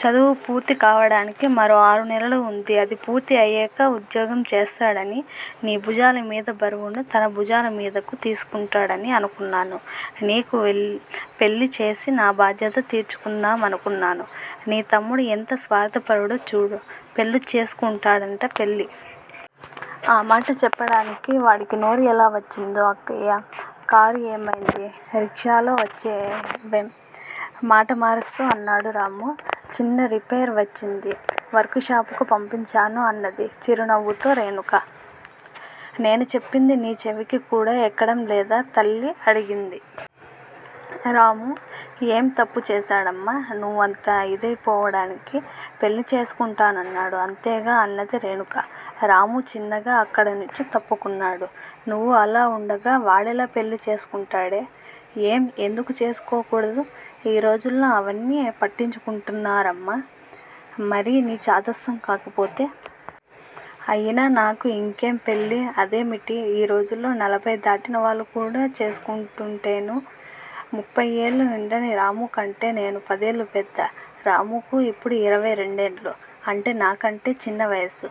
చదువు పూర్తి కావడానికి మరో ఆరు నెలలు వుంది. అది పూర్తి అయ్యాక ఉద్యోగం చేస్తాడనీ, నీ భుజాల మీది బరువును తన భుజాల మీదకు తీసుకుంటాడనీ అనుకున్నాను. నీకు పెళ్ళి చేసి నా బాధ్యత తీర్చుకుందామనుకున్నాను. నీ తమ్ముడు ఎంత స్వార్థపరుడో చూడు. పెళ్ళి చేసుకుంటాడట పెళ్ళి! ఆ మాట చెప్పడానికి వాడికి నోరు ఎలా వచ్చిందో? అక్కయ్యా! కారు ఏమైంది? రిక్షాలో వచ్చేవేం? మాట మారుస్తూ అన్నాడు రాము. చిన్న రిపైర్ వచ్చింది. వర్కుషాపుకు పంపించాను అన్నది చిరునవ్వుతో రేణుక. నేను చెప్పింది నీ చెవికి కూడా ఎక్కడం లేదా? తల్లి అడిగింది. రాము ఏం తప్పుచేశాడమ్మా నువ్వంత ఇదై పోవడానికి? పెళ్ళి చేసుకుంటానన్నాడు అంతేగా అన్నది రేణుక. రాము చిన్నగా అక్కడ నుంచి తప్పుకున్నాడు. నువ్వు అలా ఉండగా వాడెలా పెళ్ళి చేసుకుంటాడే? ఏం ఎందుకు చేసుకోకూడదూ? ఈ రోజుల్లో అవన్నీ ఎవరు పట్టించుకుంటున్నారమ్మా! మరీ నీచాదస్తం కాకపోతే? అయినా నాకు ఇంకేం పెళ్ళి? అదేమిటి? ఈ రోజుల్లో నలభైదాటినవాళ్ళు కూడా చేసుకుంటుంటేనూ? ముప్పయ్ ఏళ్ళు నిండని రామూ కంటే నేను పదేళ్ళు పెద్ద. రామూకు ఇప్పుడు ఇరవై రెండేళ్ళు. అంటే నాకంటే చిన్న వయసు?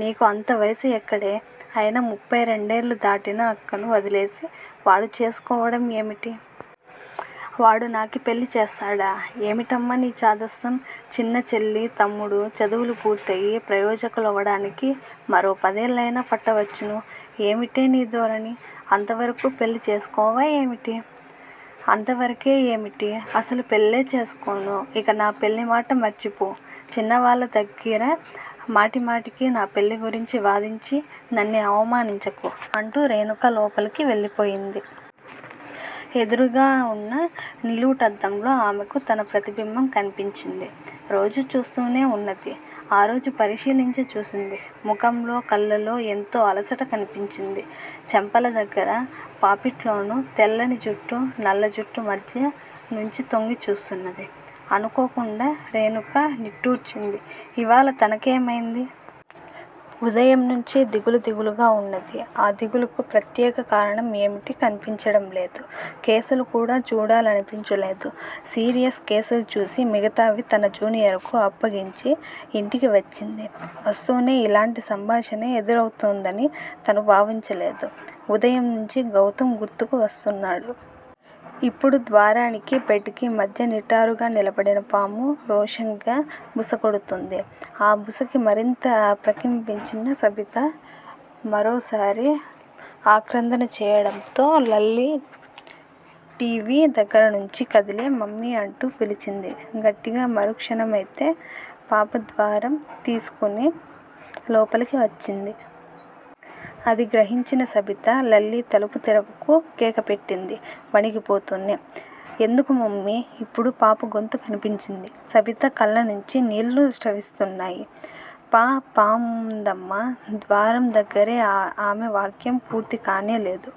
నీకు అంత వయసు ఎక్కడే? అయినా ముప్పయ్ రెండేళ్ళు దాటిన అక్కను వదిలేసి వాడు చేసుకోవడం ఏమిటి? వాడు నాకు పెళ్ళి చేస్తాడా? ఏమిటమ్మా నీ చాదస్తం! చిన్న చెల్లీ, తమ్ముడూ చదువులు పూర్తయి ప్రయోజకులవడానికి మరో పదేళ్ళయినా పట్టవచ్చును ఏమిటే నీ ధోరణి, అంతవరకూ పెళ్ళి చేసుకోవా ఏమిటి? అంతవరకే ఏమిటి? అసలు పెళ్ళే చేసుకోను! ఇక నా పెళ్ళిమాట మర్చిపో! చిన్నవాళ్ళ దగ్గిర మాటిమాటికి నా పెళ్ళి గురించి వాదించి నన్ను అవమానించకు అంటూ రేణుక లోపలకు వెళ్ళిపోయింది. ఎదురుగా వున్న నిలువుటద్దంలో ఆమెకు తన ప్రతిబింబం కన్పించింది. రోజూ చూస్తూనే ఉన్నది. ఆరోజు పరిశీలించి చూసింది. ముఖంలో, కళ్ళలో ఎంతో అలసట కన్పించింది. చెంపల దగ్గర, పాపిట్లోనూ తెల్లని జుట్టు నల్ల జుట్టు మధ్య నుంచి తొంగి చూస్తున్నది. అనుకోకుండా రేణుక నిట్టూర్చింది. ఇవాళ తనకేమైంది? ఉదయంనుంచీ దిగులు దిగులుగా ఉన్నది. ఆ దిగులుకు ప్రత్యేక కారణం ఏమీ కన్పించడం లేదు. కేసులు కూడా చూడాలనిపించలేదు. సీరియస్ కేసులు చూసి మిగతావి తన జూనియర్ కు అప్పగించి ఇంటికి వచ్చింది. వస్తూనే ఇలాంటి సంభాషణ ఎదురౌతుందని తను భావించలేదు. ఉదయం నుంచి గౌతమ్ గుర్తుకు వస్తున్నాడు. ఇప్పుడు ద్వారానికి బెడ్ కి మధ్య నిటారుగా నిలబడిన పాము రోషంగా బుసకొడుతూంది. ఆ బుసకి మరింత ప్రకంపించిన సబిత మరోసారి ఆక్రందన చేయడంతో లల్లీ టి. వి. దగ్గర నుంచి కదిలి మమ్మీ అంటూ పిలిచింది గట్టిగా మరుక్షణమైతే పాప ద్వారం తోసుకుని లోపలికి వస్తుంది. అది గ్రహించిన సబిత లల్లీ తలుపు తెరవకు కేకపెట్టింది వణికిపోతూనే. ఎందుకు మమ్మీ? ఇప్పుడు పాపగొంతు కంపించింది. సబిత కళ్ళనుంచి నీళ్ళు స్రవిస్తున్నాయి. పా పాముందమ్మా. ద్వారం దగ్గరే ఆమె వాక్యం పూర్తికానేలేదు